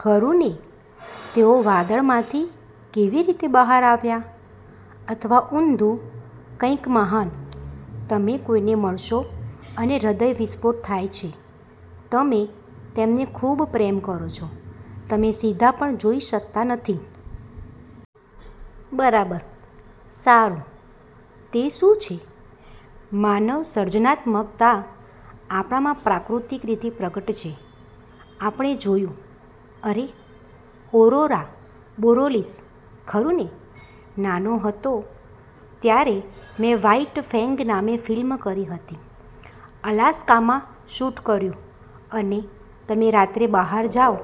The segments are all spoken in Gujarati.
ખરું ને? તેઓ વાદળમાંથી કેવી રીતે બહાર આવ્યા? " અથવા ઊંધુ કંઈક મહાન. તમે કોઈને મળશો અને હૃદય વિસ્ફોટ થાય છે. તમે તેમને ખૂબ પ્રેમ કરો છો, તમે સીધા પણ જોઈ શકતા નથી. બરાબર. સારું, તે શું છે? માનવ સર્જનાત્મકતા આપણામાં પ્રાકૃતિક રીતે પ્રગટ છે. આપણે જોયું, અરે... ઓરોરા બોરીલીસ. ખરું ને? નાનો હતો ત્યારે મેં વ્હાઇટ ફેંગ નામે ફિલ્મ કરી હતી, અલાસ્કામાં શૂટ કર્યું, અને તમે રાત્રે બહાર જાવ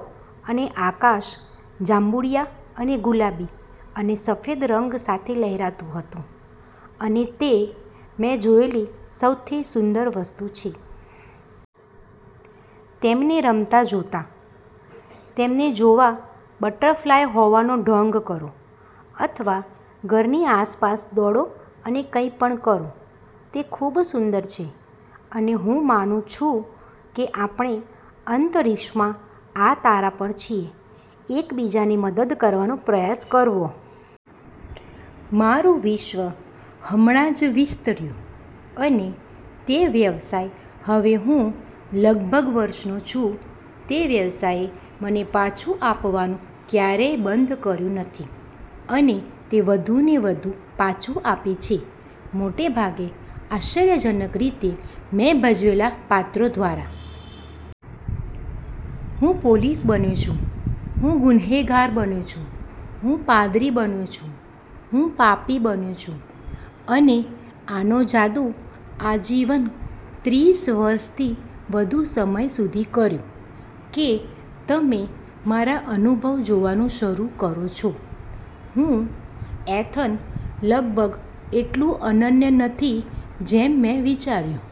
અને આકાશ જાંબુડિયા અને ગુલાબી અને સફેદ રંગ સાથે લહેરાતું હતું, અને તે મેં જોયેલી સૌથી સુંદર વસ્તુ છે. તેમને રમતા જોતા? તેમને જોવા બટરફ્લાય હોવાનો ઢોંગ કરો અથવા ઘરની આસપાસ દોડો અને કંઈ પણ કરો, તે ખુબ સુંદર છે. અને હું માનું છું કે આપણે અંતરિક્ષમાં આ તારા પર છીએ એક બીજાને મદદ કરવાનો પ્રયાસ કરવો. મારું વિશ્વ હમણાં જ વિસ્તર્યું. અને તે વ્યવસાય હવે હું લગભગ વર્ષનો છું તે વ્યવસાયે મને પાછું આપવાનું ક્યારેય બંધ કર્યું નથી, અને તે વધુને વધુ પાછું આપે છે, મોટે ભાગે, આશ્ચર્યજનક રીતે, મેં ભજવેલા પાત્રો દ્વારા. હું પોલીસ બન્યો છુ, હું ગુનેહગાર બન્યો છુ. હું પાદરી બન્યો છુ, હું પાપી બન્યો છુ. અને આનો જાદુ આજીવન, ત્રીસ વર્ષથી વધુ સમય સુધી કર્યો, કે તમે મારા અનુભવ જોવાનું શરુ કરો છો, હું, એથન, લગભગ એટલું અનન્ય નથી જેમ મેં વિચાર્યું.